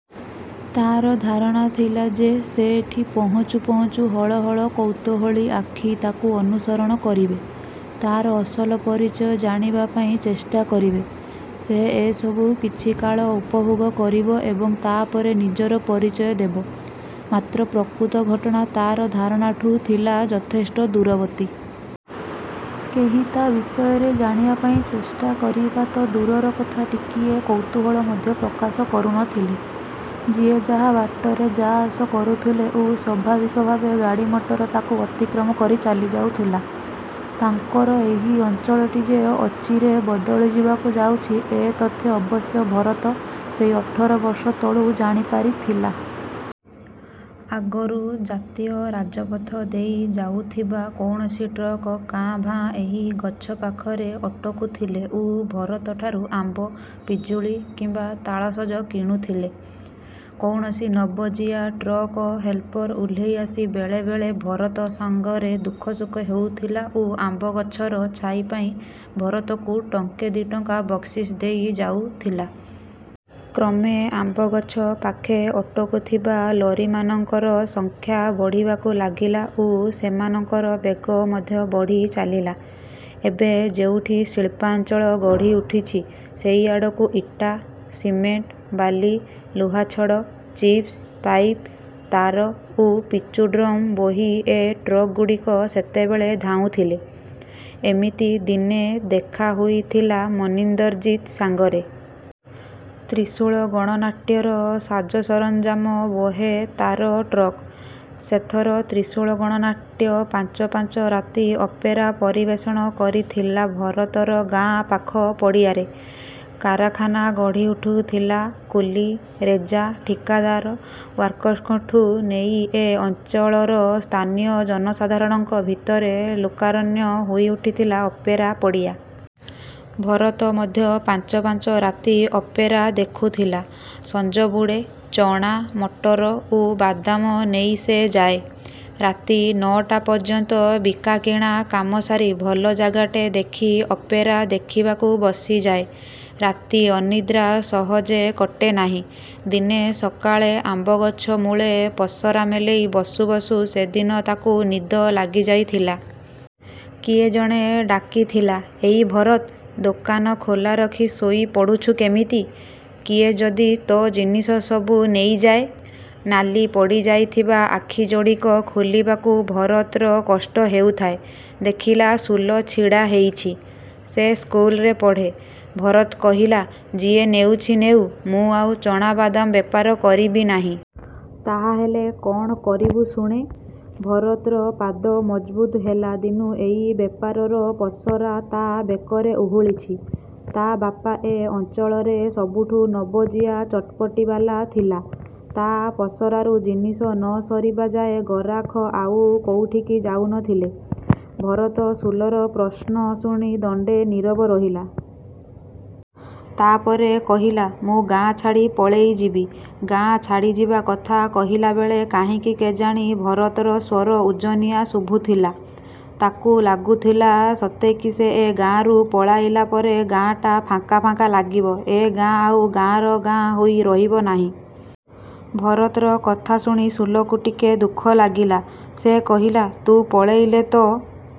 ତାର ଧାରଣା ଥିଲା ଯେ ସେ ଏଠି ପହଞ୍ଚୁ ପହଞ୍ଚୁ ହଳ ହଳ କୌତୂହଳୀ ଆଖି ତାକୁ ଅନୁସରଣ କରିବେ। ତାର ଅସଲ ପରିଚୟ ଜାଣିବା ପାଇଁ ଚେଷ୍ଟା କରିବେ। ସେ ଏସବୁକୁ କିଛିକାଳ ଉପଭୋଗ କରିବ ଏବଂ ତାପରେ ନିଜର ପରିଚୟ ଦେବ। ମାତ୍ର ପ୍ରକୃତ ଘଟଣା ତାର ଧାରଣାଠୁ ଥିଲା ଯଥେଷ୍ଟ ଦୂରବର୍ତ୍ତୀ। କେହି ତା ବିଷୟରେ ଜାଣିବା ପାଇଁ ଚେଷ୍ଟା କରିବା ତ ଦୂରର କଥା ଟିକିଏ କୌତୂହଳ ମଧ୍ୟ ପ୍ରକାଶ କରୁ ନଥିଲେ। ଯିଏ ଯାହା ବାଟରେ ଯା ଆସ କରୁଥିଲେ ଓ ସ୍ୱାଭାବିକ ଭାବରେ ଗାଡ଼ିମଟର ତାକୁ ଅତିକ୍ରମ କରି ଚାଲିଯାଉଥିଲା। ତାଙ୍କର ଏହି ଅଞ୍ଚଳଟି ଯେ ଅଚିରେ ବଦଳିଯିବାକୁ ଯାଉଛି ଏ ତଥ୍ୟ ଅବଶ୍ୟ ଭରତ ସେଇ ଅଠର ବର୍ଷ ତଳୁ ଜାଣିପାରିଥିଲା। ଆଗରୁ ଜାତୀୟ ରାଜପଥ ଦେଇ ଯାଉଥିବା କୌଣସି ଟ୍ରକ୍ କାଁ ଭାଁ ଏହି ଗଛ ପାଖରେ ଅଟକୁଥିଲେ ଓ ଭରତ ଠାରୁ ଆମ୍ବ, ପିଜୁଳି କିମ୍ବା ତାଳସଜ କିଣୁଥିଲେ। କୌଣସି ନବଜିଆ ଟ୍ରକ୍ ହେଲ୍ପର ଓହ୍ଲେଇ ଆସି ବେଳେବେଳେ ଭରତ ସାଙ୍ଗରେ ଦୁଃଖସୁଖ ହେଉଥିଲା ଓ ଆମ୍ବଗଛର ଛାଇ ପାଇଁ ଭରତକୁ ଟଙ୍କେ ଦି ଟଙ୍କା ବକ୍ସିସ ଦେଇ ଯାଉଥିଲା। କ୍ରମେ ଆମ୍ବଗଛ ପାଖେ ଅଟକୁଥିବା ଲରିମାନଙ୍କର ସଂଖ୍ୟା ବଢ଼ିବାକୁ ଲାଗିଲା ଓ ସେମାନଙ୍କର ବେଗ ମଧ୍ୟ ବଢ଼ିଚାଲିଲା। ଏବେ ଯେଉଁଠି ଶିଳ୍ପାଞ୍ଚଳ ଗଢ଼ିଉଠିଛି, ସେହିଆଡ଼କୁ ଇଟା, ସିମେଣ୍ଟ, ବାଲି, ଲୁହାଛଡ଼, ଚିପ୍ସ, ପାଇପ, ତାର ଓ ପିଚୁଡ୍ରମ୍ ବୋହି ଏ ଟ୍ରକ୍‌ଗୁଡ଼ିକ ସେତେବେଳେ ଧାଉଁଥିଲେ। ଏମିତି ଦିନେ ଦେଖା ହୋଇଥିଲା ମନିନ୍ଦରଜିତ୍ ସାଙ୍ଗରେ। ତ୍ରିଶୂଳ ଗଣନାଟ୍ୟର ସାଜସରଞ୍ଜାମ ବୁହେ ତାର ଟ୍ରକ୍। ସେଥର ତ୍ରିଶୂଳ ଗଣନାଟ୍ୟ ପାଞ୍ଚ ପାଞ୍ଚ ରାତି ଅପେରା ପରିବେଷଣ କରିଥିଲା ଭରତର ଗାଁ ପାଖ ପଡ଼ିଆରେ। କାରଖାନା ଗଢ଼ିଉଠୁଥିଲା କୁଲି, ରେଜା, ଠିକାଦାର, ୱାର୍କର୍ସଙ୍କଠୁଁ ନେଇ ଏ ଅଞ୍ଚଳର ସ୍ଥାନୀୟ ଜନସାଧାରଣଙ୍କ ଭିଡ଼ରେ ଲୋକାରଣ୍ୟ ହୋଇଉଠିଥିଲା ଅପେରା ପଡ଼ିଆ। ଭରତ ମଧ୍ୟ ପାଞ୍ଚ ପାଞ୍ଚ ରାତି ଅପେରା ଦେଖିଥିଲା। ସଂଜବୁଡ଼େ ଚଣା, ମଟର ଓ ବାଦାମ ନେଇ ସେ ଯାଏ। ରାତି ନଅଟା ପର୍ଯ୍ୟନ୍ତ ବିକାକିଣା କାମ ସାରି ଭଲ ଜାଗାଟେ ଦେଖି ଅପେରା ଦେଖିବାକୁ ବସିଯାଏ। ରାତି ଅନିଦ୍ରା ସହଜେ କଟେନାହିଁ। ଦିନେ ସକାଳେ, ଆମ୍ବଗଛ ମୂଳେ ପସରା ମେଲେଇ ବସୁ ବସୁ ସେଦିନ ତାକୁ ନିଦ ଲାଗିଯାଇଥିଲା। କିଏ ଜଣେ ଡାକିଥିଲା, "ଏ ଇ ଭରତ, ଦୋକାନ ଖୋଲା ରଖି ଶୋଇପଡ଼ୁଛୁ କେମିତି? କିଏ ଯଦି ତୋ ଜିନିଷ ସବୁ ନେଇଯାଏ!" ନାଲି ପଡ଼ିଯାଇଥିବା ଆଖିଯୋଡ଼ିକ ଖୋଲିବାକୁ ଭରତର କଷ୍ଟ ହେଉଥାଏ। ଦେଖିଲା, ସୁଲ ଛିଡ଼ାହେଇଛି। ସେ ସ୍କୁଲରେ ପଢ଼େ। ଭରତ କହିଲା, "ଯିଏ ନେଉଛି ନେଉ, ମୁଁ ଆଉ ଚଣା ବାଦାମ ବେପାର କରିବି ନାହିଁ।" ତାହାହେଲେ କଣ କରିବୁ ଶୁଣେ ଭରତର ପାଦ ମଜଭୁତ ହେଲା ଦିନୁ ଏଇ ବେପାରର ପସରା ତା ବେକରେ ଓହଳିଛି। ତା ବାପା ଏ ଅଞ୍ଚଳରେ ସବୁଠୁ ନବଜିଆ ଚଟ୍‌ପଟିବାଲା ଥିଲା। ତା ପସରାରୁ ଜିନିଷ ନ ସରିବାଯାଏ ଗରାଖ ଆଉ କୋଉଠିକି ଯାଉନଥିଲେ। ଭରତ ସୁଲର ପ୍ରଶ୍ନ ଶୁଣି ଦଣ୍ଡେ ନିରବ ରହିଲା। ତାପରେ କହିଲା, ମୁଁ ଗାଁ ଛାଡ଼ି ପଳେଇଯିବି। ଗାଁ ଛାଡ଼ିଯିବା କଥା କହିଲାବେଳେ କାହିଁକି କେଜାଣି ଭରତର ସ୍ୱର ଓଜନିଆ ଶୁଭୁଥିଲା। ତାକୁ ଲାଗୁଥିଲା, ସତେକି ସେ ଏ ଗାଁରୁ ପଳାଇଲା ପରେ ଗାଁଟା ଫାଙ୍କା ଫାଙ୍କା ଲାଗିବ, ଏ ଗାଁ ଆଉ ଆଗର ଗାଁ ହୋଇ ରହିବ ନାହିଁ। ଭରତର କଥା ଶୁଣି ସୁଲକୁ ଟିକେ ଦୁଃଖ ଲାଗିଲା। ସେ କହିଲା, ତୁ ପଳେଇଲେ ତୋ।